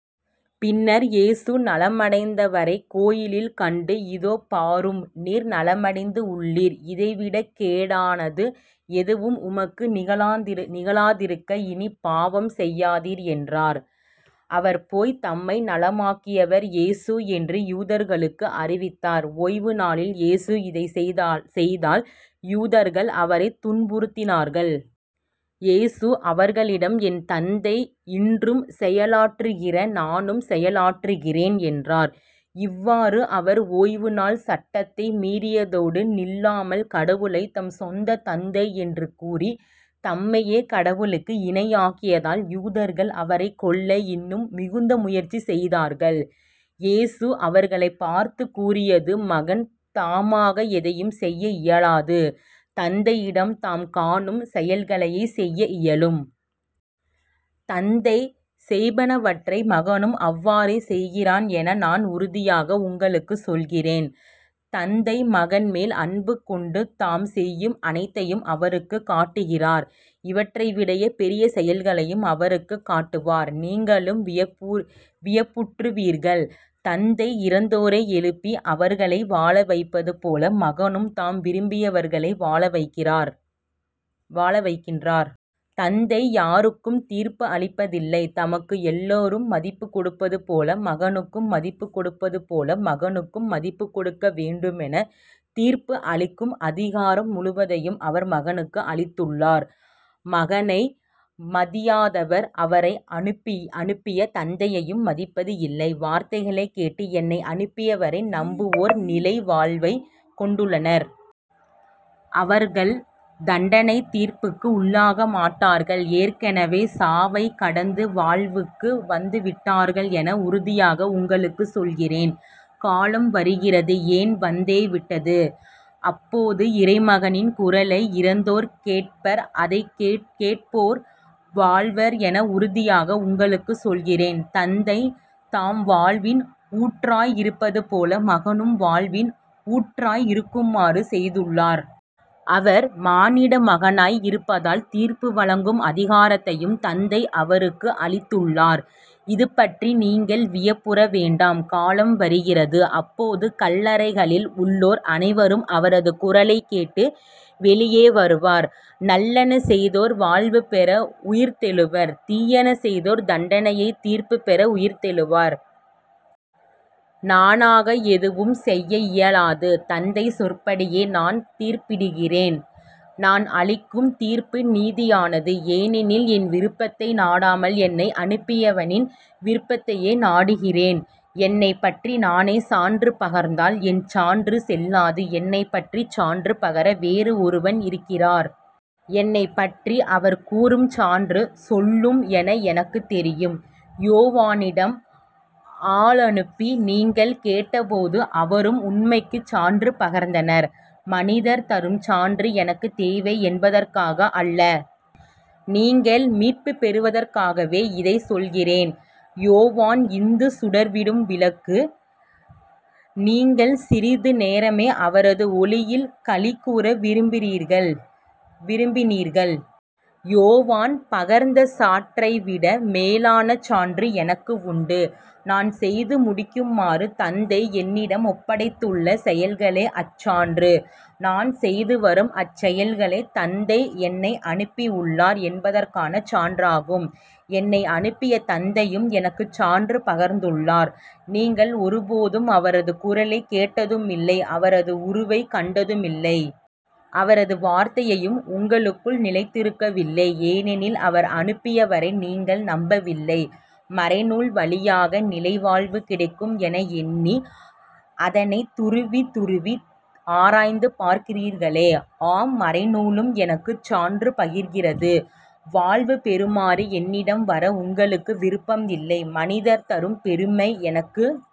பின்னர் இயேசு நலமடைந்தவரைக் கோவிலில் கண்டு இதோ பாரும் நீர் நலமடைந்துள்ளீர் இதை விடக் கேடானது எதுவும் உமக்கு நிகழாதிருக்க இனிப் பாவம் செய்யாதீர் என்றார். அவர் போய் தம்மை நலமாக்கியவர் இயேசு என்று யூதர்களுக்கு அறிவித்தார். ஓய்வுநாளில் இயேசு இதைச் செய்ததால் யூதர்கள் அவரைத் துன்புறுத்தினார்கள். இயேசு அவர்களிடம் என் தந்தை இன்றும் செயலாற்றுகிற நானும் செயலாற்றுகிறேன் என்றார். இவ்வாறு அவர் ஓய்வு நாள் சட்டத்தை மீறியதோடு நில்லாமல் கடவுளைத் தம் சொந்தத் தந்தை என்று கூறித் தம்மையே கடவுளுக்கு இணையாக்கியதால் யூதர்கள் அவரைக் கொல்ல இன்னும் மிகுந்த முயற்சி செய்தார்கள். இயேசு அவர்களைப் பார்த்துக் கூறியது மகன் தாமாக எதையும் செய்ய இயலாது தந்தையிடம் தாம் காணும் செயல்களையே செய்ய இயலும். தந்தை செய்பவற்றை மகனும் அவ்வாறே செய்கிறார் என நான் உறுதியாக உங்களுக்குச் சொல்கிறேன். தந்தை மகன் மேல் அன்பு கொண்டு தாம் செய்யும் அனைத்தையும் அவருக்குக் காட்டுகிறார் இவற்றைவிடப் பெரிய செயல்களையும் அவருக்குக் காட்டுவார். நீங்களும் வியப்புறுவீர்கள். தந்தை இறந்தோரை எழுப்பி அவர்களை வாழ வைப்பதுபோல மகனும் தாம் விரும்பியவர்களை வாழவைக்கிறார். தந்தை யாருக்கும் தீர்ப்பு அளிப்பதில்லை. தமக்கு எல்லாரும் மதிப்புக் கொடுப்பதுபோல மகனுக்கும் மதிப்புக்கொடுப்பதுபோல மகனுக்கும் மதிப்புக்கொடுக்க வேண்டுமெனத் தீர்ப்பு அளிக்கும் அதிகாரம் முழுவதையும் அவர் மகனுக்கு அளித்துள்ளார். மகனை மதியாதவர் அவரை அனுப்பிய தந்தையையும் மதிப்பது இல்லை. வார்த்தையைக் கேட்டு என்னை அனுப்பியவரை நம்புவோர் நிலை வாழ்வைக் கொண்டுள்ளனர். அவர்கள் தண்டனைத் தீர்ப்புக்கு உள்ளாக மாட்டார்கள் ஏற்கெனவே சாவைக் கடந்து வாழ்வுக்கு வந்துவிட்டார்கள் என உறுதியாக உங்களுக்குச் சொல்கிறேன். காலம் வருகிறது ஏன் வந்தே விட்டது. அப்போது இறைமகனின் குரலை இறந்தோர் கேட்பர் அதைக் கேட்போர் வாழ்வர் என உறுதியாக உங்களுக்குச் சொல்கிறேன். தந்தை தாம் வாழ்வின் ஊற்றாய் இருப்பது போல மகனும் வாழ்வின் ஊற்றாய் இருக்குமாறு செய்துள்ளார். அவர் மானிடமகனாய் இருப்பதால் தீர்ப்பு வழங்கும் அதிகாரத்தையும் தந்தை அவருக்கு அளித்துள்ளார். இது பற்றி நீங்கள் வியப்புற வேண்டாம். காலம் வருகிறது அப்போது கல்லறைகளில் உள்ளோர் அனைவரும் அவரது குரலைக் கேட்டு வெளியே வருவர். நல்லன செய்தோர் வாழ்வு பெற உயிர்த்தெழுவர் தீயன செய்தோர் தண்டனைத் தீர்ப்புப் பெற உயிர்த்தெழுவர். நானாக எதுவும் செய்ய இயலாது. தந்தை சொற்படியே நான் தீர்ப்பிடுகிறேன். நான் அளிக்கும் தீர்ப்பு நீதியானது. ஏனெனில் என் விருப்பத்தை நாடாமல் என்னை அனுப்பியவின் விருப்பத்தையே நாடுகிறேன். என்னைப்பற்றி நானே சான்று பகர்ந்தால் என் சான்று செல்லாது. என்னைப்பற்றி சான்று பகர வேறு ஒருவர் இருக்கிறார். என்னைப்பற்றி அவர் கூறும் சான்று செல்லும் என எனக்குத் தெரியும். யோவானிடம் ஆளனுப்பி நீங்கள் கேட்டபோது அவரும் உண்மைக்குச் சான்று பகர்ந்தார். மனிதர் தரும் சான்று எனக்குத் தேவை என்பதற்காக அல்ல நீங்கள் மீட்புப் பெறுவதற்காகவே இதைச் சொல்கிறேன். யோவான் இந்து சுடர்விடும் விளக்கு. நீங்கள் சிறிது நேரமே அவரது ஒளியில் களிகூர விரும்பினீர்கள். யோவான் பகர்ந்த சான்றை விட மேலான சான்று எனக்கு உண்டு. நான் செய்து முடிக்குமாறு தந்தை என்னிடம் ஒப்படைத்துள்ள செயல்களே அச்சான்று. நான் செய்துவரும் அச்செயல்களே தந்தை என்னை அனுப்பியுள்ளார் என்பதற்கான சான்றாகும். என்னை அனுப்பிய தந்தையும் எனக்குச் சான்று பகர்ந்துள்ளார். நீங்கள் ஒருபோதும் அவரது குரலைக் கேட்டதுமில்லை அவரது உருவைக் கண்டதுமில்லை. அவரது வார்த்தையும் உங்களுக்குள் நிலைத்திருக்கவில்லை ஏனெனில் அவர் அனுப்பிய வரை நீங்கள் நம்பவில்லை மறைநூல் வழியாக நிலைவாழ்வு கிடைக்கும் என் எண்ணி அதனைத் துருவித் துருவி ஆய்ந்து பார்க்கிறீர்களே. அம் மறைநூலும் எனக்குச் சான்று பகர்கிறது. வாழ்வு பெறுமாறு என்னிடம் வர உங்களுக்கு விருப்பம் இல்லை. மனிதர் தரும் பெருமை எனக்குத்